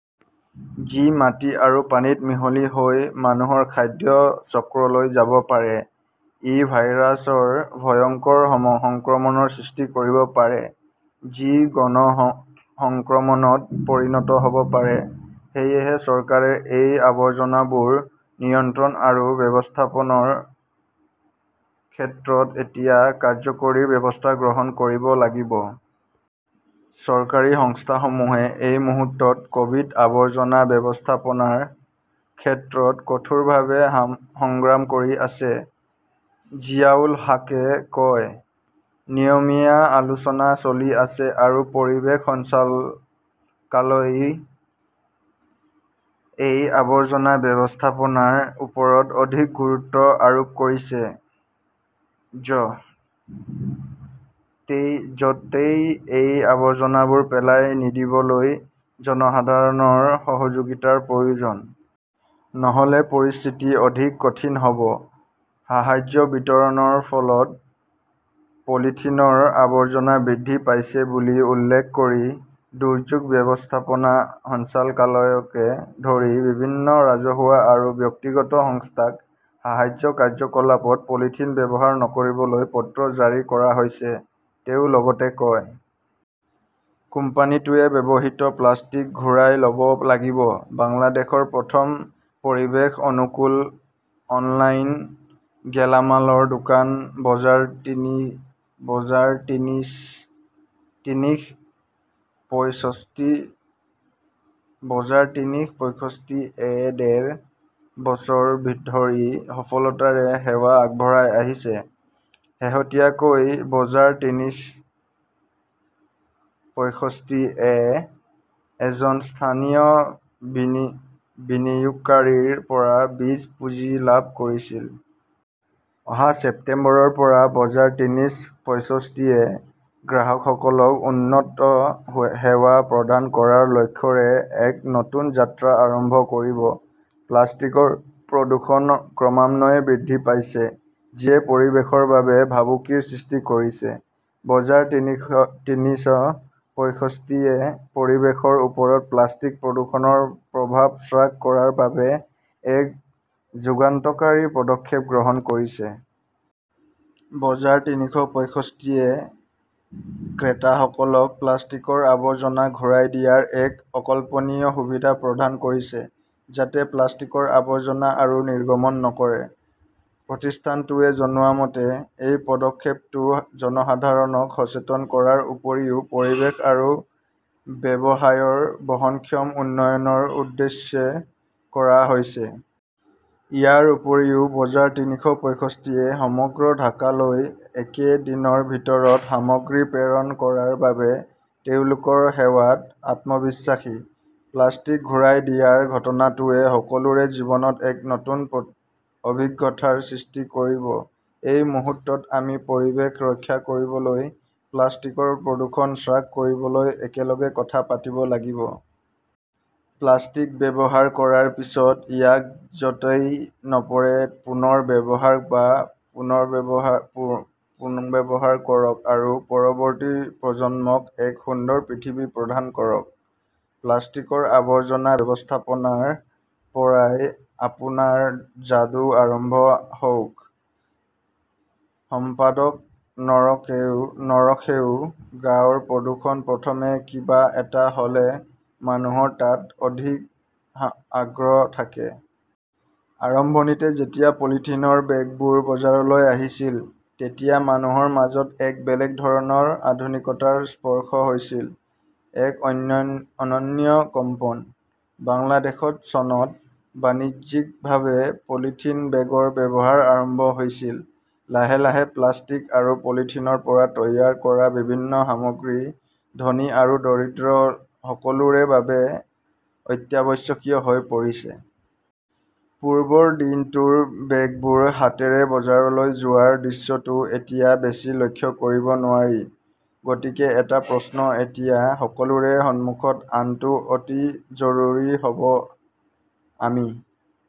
যি মাটি আৰু পানীত মিহলি হৈ মানুহৰ খাদ্য চক্ৰলৈ যাব পাৰে। ই ভাইৰাছৰ ভয়ংকৰ সংক্ৰমণৰ সৃষ্টি কৰিব পাৰে, যি গণ সংক্ৰমণত পৰিণত হ 'ব পাৰে। সেয়েহে চৰকাৰে এই আৱৰ্জনাবোৰ নিয়ন্ত্ৰণ আৰু ব্যৱস্থাপনাৰ ক্ষেত্ৰত এতিয়া কাৰ্যকৰী ব্যৱস্থা গ্ৰহণ কৰিব লাগিব। চৰকাৰী সংস্থাসমূহে এই মুহূৰ্তত ক’ভিড- আৱৰ্জনা ব্যৱস্থাপনাৰ ক্ষেত্ৰত কঠোৰভাৱে সংগ্ৰাম কৰি আছে, জিয়াউল হাকে কয়। নিয়মীয়া আলোচনা চলি আছে আৰু পৰিৱেশ সঞ্চালকালয়ই এই আৱৰ্জনা ব্যৱস্থাপনাৰ ওপৰত অধিক গুৰুত্ব আৰোপ কৰিছে। য 'তেই এই আৱৰ্জনাবোৰ পেলাই নিদিবলৈ জনসাধাৰণৰ সহযোগিতাৰ প্ৰয়োজন। নহ’লে পৰিস্থিতি অধিক কঠিন হ’ব। সাহায্য বিতৰণৰ ফলত পলিথিনৰ আৱৰ্জনা বৃদ্ধি পাইছে বুলি উল্লেখ কৰি দুৰ্যোগ ব্যৱস্থাপনা সঞ্চালকালয়কে ধৰি বিভিন্ন ৰাজহুৱা আৰু ব্যক্তিগত সংস্থাক সাহায্য কাৰ্যকলাপত পলিথিন ব্যৱহাৰ নকৰিবলৈ পত্ৰ জাৰি কৰা হৈছে, তেওঁ লগতে কয়। কোম্পানীটোৱে ব্যৱহৃত প্লাষ্টিক ঘূৰাই ল 'ব লাগিব বাংলাদেশৰ প্ৰথম পৰিৱেশ-অনুকূল অনলাইন গেলামালৰ দোকান বজাৰতিনিশ পয়ষষ্ঠি-এ ডেৰ বছৰ ধৰি সফলতাৰে সেৱা আগবঢ়াই আহিছে। শেহতীয়াকৈ বজাৰ তিনিশ পয়ষষ্ঠি-এ এজন স্থানীয় বিনিয়োগকাৰীৰ পৰা বীজ পুঁজি লাভ কৰিছিল। অহা ছেপ্টেম্বৰৰ পৰা বজাৰ তিনিশ পয়ষষ্ঠি-এ গ্ৰাহকসকলক উন্নত সেৱা প্ৰদান কৰাৰ লক্ষ্যৰে এক নতুন যাত্ৰা আৰম্ভ কৰিব। প্লাষ্টিকৰ প্ৰদূষণ ক্ৰমান্বয়ে বৃদ্ধি পাইছে, যিয়ে পৰিৱেশৰ বাবে ভাবুকিৰ সৃষ্টি কৰিছে। বজাৰ তিনিশ পয়ষষ্ঠি-এ পৰিৱেশৰ ওপৰত প্লাষ্টিক প্ৰদূষণৰ প্ৰভাৱ হ্ৰাস কৰাৰ বাবে এক যুগান্তকাৰী পদক্ষেপ গ্ৰহণ কৰিছে। বজাৰ তিনিশ পয়ষষ্ঠি-এ ক্ৰেতাসকলক প্লাষ্টিকৰ আৱৰ্জনা ঘূৰাই দিয়াৰ এক অকল্পনীয় সুবিধা প্ৰদান কৰিছে যাতে প্লাষ্টিকৰ আৱৰ্জনা আৰু নিৰ্গমন নকৰে। প্ৰতিষ্ঠানটোৱে জনোৱা মতে, এই পদক্ষেপটো জনসাধাৰণক সচেতন কৰাৰ উপৰিও পৰিৱেশ আৰু ব্যৱসায়ৰ বহনক্ষম উন্নয়নৰ উদ্দেশ্যে কৰা হৈছে। ইয়াৰ উপৰিও, বজাৰতিনিশ পয়ষষ্ঠি-এ সমগ্ৰ ঢাকালৈ একে দিনৰ ভিতৰত সামগ্ৰী প্ৰেৰণ কৰাৰ বাবে তেওঁলোকৰ সেৱাত আত্মবিশ্বাসী। প্লাষ্টিক ঘূৰাই দিয়াৰ ঘটনাটোৱে সকলোৰে জীৱনত এক নতুন অভিজ্ঞতাৰ সৃষ্টি কৰিব। এই মুহূৰ্তত আমি পৰিৱেশ ৰক্ষা কৰিবলৈ প্লাষ্টিকৰ প্ৰদূষণ হ্ৰাস কৰিবলৈ একেলগে কথা পাতিব লাগিব। প্লাষ্টিক ব্যৱহাৰ কৰাৰ পিছত ইয়াক য 'তেই নপৰে পুনৰ ব্যৱহাৰ বা পুনৰ্ব্যৱহাৰ কৰক আৰু পৰৱৰ্তী প্ৰজন্মক এক সুন্দৰ পৃথিৱী প্ৰদান কৰক। প্লাষ্টিকৰ আৱৰ্জনা ব্যৱস্থাপনাৰ পৰাই আপোনাৰ যাদু আৰম্ভ হওঁক! সম্পাদক নৰকেশুঃ গাঁৱৰ প্ৰদূষণ প্ৰথমে কিবা এটা হ’লে মানুহৰ তাত অধিক আগ্ৰহ থাকে। আৰম্ভণিতে যেতিয়া পলিথিনৰ বেগবোৰ বজাৰলৈ আহিছিল, তেতিয়া মানুহৰ মাজত এক বেলেগ ধৰণৰ আধুনিকতাৰ স্পৰ্শ হৈছিল, এক অনন্য কম্পন। বাংলাদেশত চনত বাণিজ্যিকভাৱে পলিথিন বেগৰ ব্যৱহাৰ আৰম্ভ হৈছিল। লাহে লাহে প্লাষ্টিক আৰু পলিথিনৰ পৰা তৈয়াৰ কৰা বিভিন্ন সামগ্ৰী ধনী আৰু দৰিদ্ৰ সকলোৰে বাবে অত্যাৱশ্যকীয় হৈ পৰিছে। পূৰ্বৰ দিনটোৰ বেগবোৰ হাতেৰে বজাৰলৈ যোৱাৰ দৃশ্যটো এতিয়া বেছি লক্ষ্য কৰিব নোৱাৰি। গতিকে এটা প্ৰশ্ন এতিয়া সকলোৰে সন্মুখত অনাটো অতি জৰুৰী হ’ব-আমি